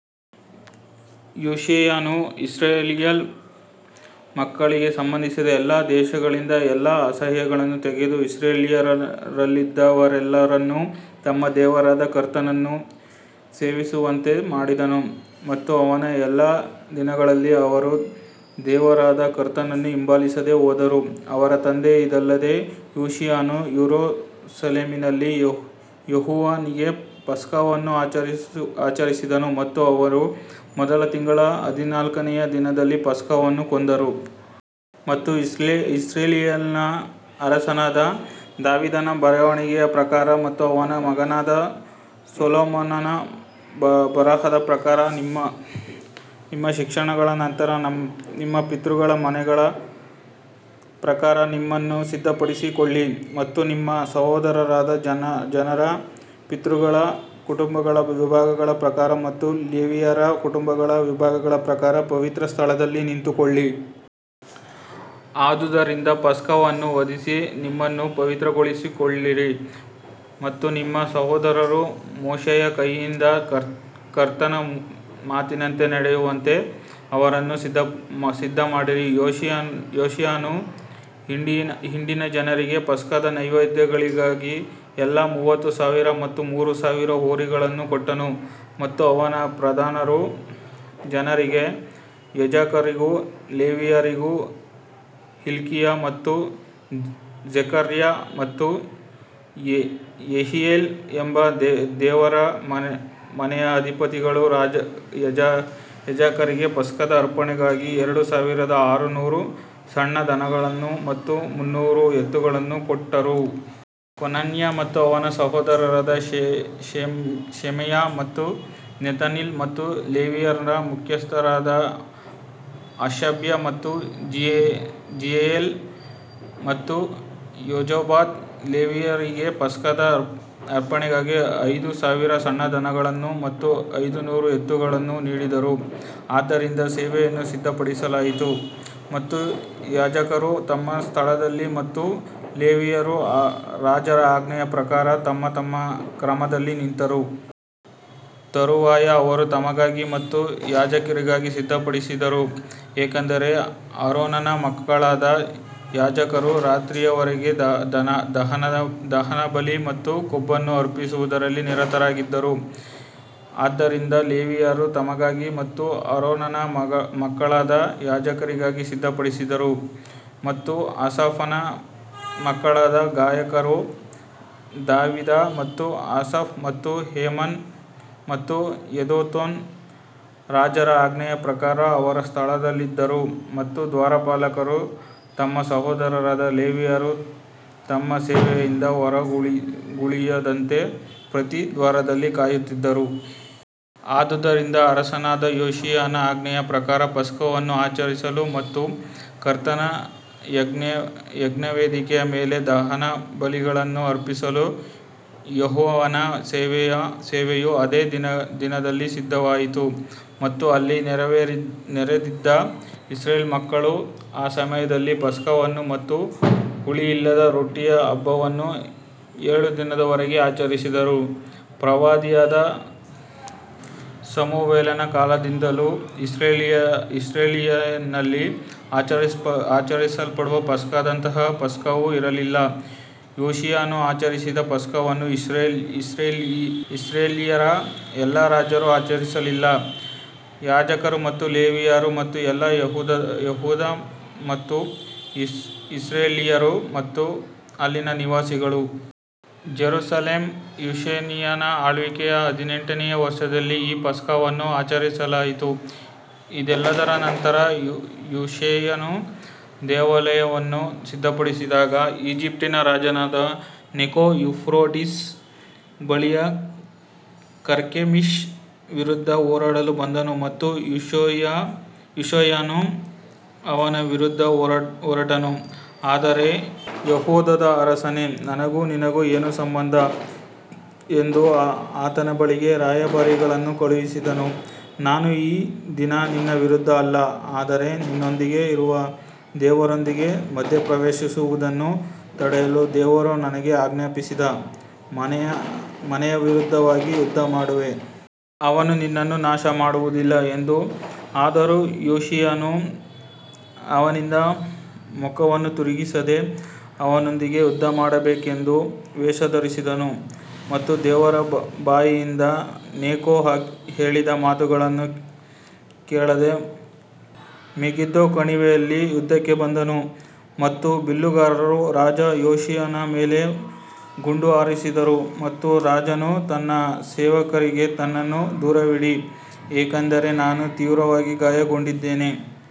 ಯೋಷೀಯನು Israel ಮಕ್ಕಳಿಗೆ ಸಂಬಂಧಿಸಿದ ಎಲ್ಲಾ ದೇಶಗಳಿಂದ ಎಲ್ಲಾ ಅಸಹ್ಯಗಳನ್ನು ತೆಗೆದು ಇಸ್ರಾಯೇಲ್ಯರಲ್ಲಿದ್ದವರೆಲ್ಲರನ್ನೂ ತಮ್ಮ ದೇವರಾದ ಕರ್ತನನ್ನು ಸೇವಿಸುವಂತೆ ಮಾಡಿದನು ಮತ್ತು ಅವನ ಎಲ್ಲಾ ದಿನಗಳಲ್ಲಿ ಅವರು ದೇವರಾದ ಕರ್ತನನ್ನು ಹಿಂಬಾಲಿಸದೆ ಹೋದರು. ಅವರ ತಂದೆ ಇದಲ್ಲದೆ ಯೋಷೀಯನು ಯೆರೂಸಲೇಮಿನಲ್ಲಿ ಯೆಹೋವನಿಗೆ ಪಸ್ಕವನ್ನು ಆಚರಿಸಿದನು ಮತ್ತು ಅವರು ಮೊದಲ ತಿಂಗಳ ಹದಿನಾಲ್ಕನೆಯ ದಿನದಲ್ಲಿ ಪಸ್ಕವನ್ನು ಕೊಂದರು. ಮತ್ತು ಇಸ್ರಾಯೇಲಿನ ಅರಸನಾದ ದಾವೀದನ ಬರವಣಿಗೆಯ ಪ್ರಕಾರ ಮತ್ತು ಅವನ ಮಗನಾದ ಸೊಲೊಮೋನನ ಬರಹದ ಪ್ರಕಾರ ನಿಮ್ಮ ಶಿಕ್ಷಣಗಳ ನಂತರ ನಿಮ್ಮ ಪಿತೃಗಳ ಮನೆಗಳ ಪ್ರಕಾರ ನಿಮ್ಮನ್ನು ಸಿದ್ಧಪಡಿಸಿಕೊಳ್ಳಿ. ಮತ್ತು ನಿಮ್ಮ ಸಹೋದರರಾದ ಜನರ ಪಿತೃಗಳ ಕುಟುಂಬಗಳ ವಿಭಾಗಗಳ ಪ್ರಕಾರ ಮತ್ತು ಲೇವಿಯರ ಕುಟುಂಬಗಳ ವಿಭಾಗಗಳ ಪ್ರಕಾರ ಪವಿತ್ರ ಸ್ಥಳದಲ್ಲಿ ನಿಂತುಕೊಳ್ಳಿ. ಆದುದರಿಂದ ಪಸ್ಕವನ್ನು ವಧಿಸಿ ನಿಮ್ಮನ್ನು ಪವಿತ್ರಗೊಳಿಸಿಕೊಳ್ಳಿರಿ ಮತ್ತು ನಿಮ್ಮ ಸಹೋದರರು ಮೋಶೆಯ ಕೈಯಿಂದ ಕರ್ತನ ಮಾತಿನಂತೆ ನಡೆಯುವಂತೆ ಅವರನ್ನು ಸಿದ್ಧಮಾಡಿರಿ. ಯೋಷೀಯನು ಹಿಂಡಿನ ಜನರಿಗೆ ಪಸ್ಕದ ನೈವೇದ್ಯಗಳಿಗಾಗಿ ಎಲ್ಲಾ ಮೂವತ್ತು ಸಾವಿರ ಮತ್ತು ಮೂರು ಸಾವಿರ ಹೋರಿಗಳನ್ನು ಕೊಟ್ಟನು. ಮತ್ತು ಅವನ ಪ್ರಧಾನರು ಜನರಿಗೆ ಯಾಜಕರಿಗೂ ಲೇವಿಯರಿಗೂ ಹಿಲ್ಕೀಯ ಮತ್ತು ಜೆಕರ್ಯ ಮತ್ತು ಯೆಹೀಯೇಲ್ ಎಂಬ ದೇವರ ಮನೆಯ ಅಧಿಪತಿಗಳು ಯಾಜಕರಿಗೆ ಪಸ್ಕದ ಅರ್ಪಣೆಗಳಿಗಾಗಿ ಎರಡು ಸಾವಿರದ ಆರುನೂರು ಸಣ್ಣ ದನಗಳನ್ನು ಮತ್ತು ಮುನ್ನೂರು ಎತ್ತುಗಳನ್ನು ಕೊಟ್ಟರು. ಕೊನನ್ಯ ಮತ್ತು ಅವನ ಸಹೋದರರಾದ ಶೆಮಾಯ ಮತ್ತು ನೆತನೀಲ್ ಮತ್ತು ಲೇವಿಯರ ಮುಖ್ಯಸ್ಥರಾದ ಹಷಬ್ಯ ಮತ್ತು ಜೀಯೇಲ್ ಮತ್ತು ಯೋಜಾಬಾದ್ ಲೇವಿಯರಿಗೆ ಪಸ್ಕದ ಅರ್ಪಣೆಗಾಗಿ ಐದು ಸಾವಿರ ಸಣ್ಣ ದನಗಳನ್ನು ಮತ್ತು ಐದು ನೂರು ಎತ್ತುಗಳನ್ನು ನೀಡಿದರು. ಆದ್ದರಿಂದ ಸೇವೆಯನ್ನು ಸಿದ್ಧಪಡಿಸಲಾಯಿತು ಮತ್ತು ಯಾಜಕರು ತಮ್ಮ ಸ್ಥಳದಲ್ಲಿ ಮತ್ತು ಲೇವಿಯರು ರಾಜರ ಆಜ್ಞೆಯ ಪ್ರಕಾರ ತಮ್ಮ ತಮ್ಮ ಕ್ರಮದಲ್ಲಿ ನಿಂತರು. ತರುವಾಯ ಅವರು ತಮಗಾಗಿ ಮತ್ತು ಯಾಜಕರಿಗಾಗಿ ಸಿದ್ಧಪಡಿಸಿದರು ಏಕೆಂದರೆ ಆರೋನನ ಮಕ್ಕಳಾದ ಯಾಜಕರು ರಾತ್ರಿಯವರೆಗೆ ದಹನಬಲಿ ಮತ್ತು ಕೊಬ್ಬನ್ನು ಅರ್ಪಿಸುವುದರಲ್ಲಿ ನಿರತರಾಗಿದ್ದರು, ಆದ್ದರಿಂದ ಲೇವಿಯರು ತಮಗಾಗಿ ಮತ್ತು ಆರೋನನ ಮಕ್ಕಳಾದ ಯಾಜಕರಿಗಾಗಿ ಸಿದ್ಧಪಡಿಸಿದರು. ಮತ್ತು ಆಸಾಫನ ಮಕ್ಕಳಾದ ಗಾಯಕರು ದಾವೀದ ಮತ್ತು ಆಸಾಫ್ ಮತ್ತು ಹೇಮಾನ್ ಮತ್ತು ಯೆದುತೂನ್ ರಾಜರ ಆಜ್ಞೆಯ ಪ್ರಕಾರ ಅವರ ಸ್ಥಾನದಲ್ಲಿದ್ದರು ಮತ್ತು ದ್ವಾರಪಾಲಕರು ತಮ್ಮ ಸಹೋದರರಾದ ಲೇವಿಯರು ತಮ್ಮ ಸೇವೆಯಿಂದ ಹೊರಗುಳಿಯದಂತೆ ಪ್ರತಿ ದ್ವಾರದಲ್ಲಿ ಕಾಯುತ್ತಿದ್ದರು. ಆದುದರಿಂದ ಅರಸನಾದ ಯೋಷೀಯನ ಆಜ್ಞೆಯ ಪ್ರಕಾರ ಪಸ್ಕವನ್ನು ಆಚರಿಸಲು ಮತ್ತು ಕರ್ತನ ಯಜ್ಞವೇದಿಯ ಮೇಲೆ ದಹನಬಲಿಗಳನ್ನು ಅರ್ಪಿಸಲು ಯೆಹೋವನ ಸೇವೆಯು ಅದೇ ದಿನದಲ್ಲಿ ಸಿದ್ಧವಾಯಿತು. ಮತ್ತು ಅಲ್ಲಿ ನೆರೆದಿದ್ದ ಇಸ್ರಾಯೇಲ್ ಮಕ್ಕಳು ಆ ಸಮಯದಲ್ಲಿ ಪಸ್ಕವನ್ನು ಮತ್ತು ಹುಳಿಯಿಲ್ಲದ ರೊಟ್ಟಿಯ ಹಬ್ಬವನ್ನು ಏಳು ದಿನಗಳವರೆಗೆ ಆಚರಿಸಿದರು ಪ್ರವಾದಿಯಾದ ಸಮುವೇಲನ ಕಾಲದಿಂದಲೂ ಇಸ್ರಾಯೇಲಿನಲ್ಲಿ ಆಚರಿಸಲ್ಪಡುವ ಪಸ್ಕದಂತಹ ಪಸ್ಕವು ಇರಲಿಲ್ಲ, ಯೋಷೀಯನು ಆಚರಿಸಿದ ಪಸ್ಕವನ್ನು ಇಸ್ರಾಯೇಲ್ಯರ ಎಲ್ಲಾ ರಾಜರು ಆಚರಿಸಲಿಲ್ಲ, ಯಾಜಕರು ಮತ್ತು ಲೇವಿಯರು ಮತ್ತು ಎಲ್ಲಾ ಯೆಹೂದ ಮತ್ತು ಇಸ್ರಾಯೇಲ್ಯರು ಮತ್ತು ಅಲ್ಲಿನ ನಿವಾಸಿಗಳು. ಜೆರುಸಲೇಮ್ ಯೋಷೀಯನ ಆಳ್ವಿಕೆಯ ಹದಿನೆಂಟನೆಯ ವರ್ಷದಲ್ಲಿ ಈ ಪಸ್ಕವನ್ನು ಆಚರಿಸಲಾಯಿತು ಇದೆಲ್ಲದರ ನಂತರ, ಯೋಷೀಯನು ದೇವಾಲಯವನ್ನು ಸಿದ್ಧಪಡಿಸಿದಾಗ, ಈಜಿಪ್ಟಿನ ರಾಜನಾದ ನೆಕೋ ಯೂಫ್ರಟೀಸ್ ಬಳಿಯ ಕರ್ಕೆಮಿಶ್ ವಿರುದ್ಧ ಹೋರಾಡಲು ಬಂದನು ಮತ್ತು ಯೋಷೀಯನು ಅವನ ವಿರುದ್ಧ ಹೊರಟನು. ಆದರೆ ಯೆಹೂದದ ಅರಸನೇ, ನನಗೂ ನಿನಗೂ ಏನು ಸಂಬಂಧ ಎಂದು ಆತನ ಬಳಿಗೆ ರಾಯಭಾರಿಗಳನ್ನು ಕಳುಹಿಸಿದನು, ನಾನು ಈ ದಿನ ನಿನ್ನ ವಿರುದ್ಧ ಅಲ್ಲ ಆದರೆ ನನ್ನೊಂದಿಗೆ ಇರುವ ದೇವರೊಂದಿಗೆ ಮಧ್ಯಪ್ರವೇಶಿಸುವುದನ್ನು ತಡೆಯಲು ದೇವರು ನನಗೆ ಆಜ್ಞಾಪಿಸಿದ ಮನೆಯ ವಿರುದ್ಧವಾಗಿ ಯುದ್ಧಮಾಡಿದೆ. ಅವನು ನಿನ್ನನ್ನು ನಾಶಮಾಡುವುದಿಲ್ಲ ಎಂದು ಆದರೂ ಯೋಷೀಯನು ಅವನಿಂದ ಮುಖವನ್ನು ತಿರುಗಿಸದೆ ಅವನೊಂದಿಗೆ ಯುದ್ಧಮಾಡಬೇಕೆಂದು ವೇಷ ಧರಿಸಿದನು ಮತ್ತು ದೇವರ ಬಾಯಿಂದ ನೆಕೋ ಹೇಳಿದ ಮಾತುಗಳನ್ನು ಕೇಳದೆ ಮೆಗಿದ್ದೋ ಕಣಿವೆಯಲ್ಲಿ ಯುದ್ಧಕ್ಕೆ ಬಂದನು. ಮತ್ತು ಬಿಲ್ಲುಗಾರರು ರಾಜ ಯೋಷೀಯನ ಮೇಲೆ ಗುಂಡು ಹಾರಿಸಿದರು ಮತ್ತು ರಾಜನು ತನ್ನ ಸೇವಕರಿಗೆ ನನ್ನನ್ನು ದೂರವಿಡಿ, ಏಕೆಂದರೆ ನಾನು ತೀವ್ರವಾಗಿ ಗಾಯಗೊಂಡಿದ್ದೇನೆ.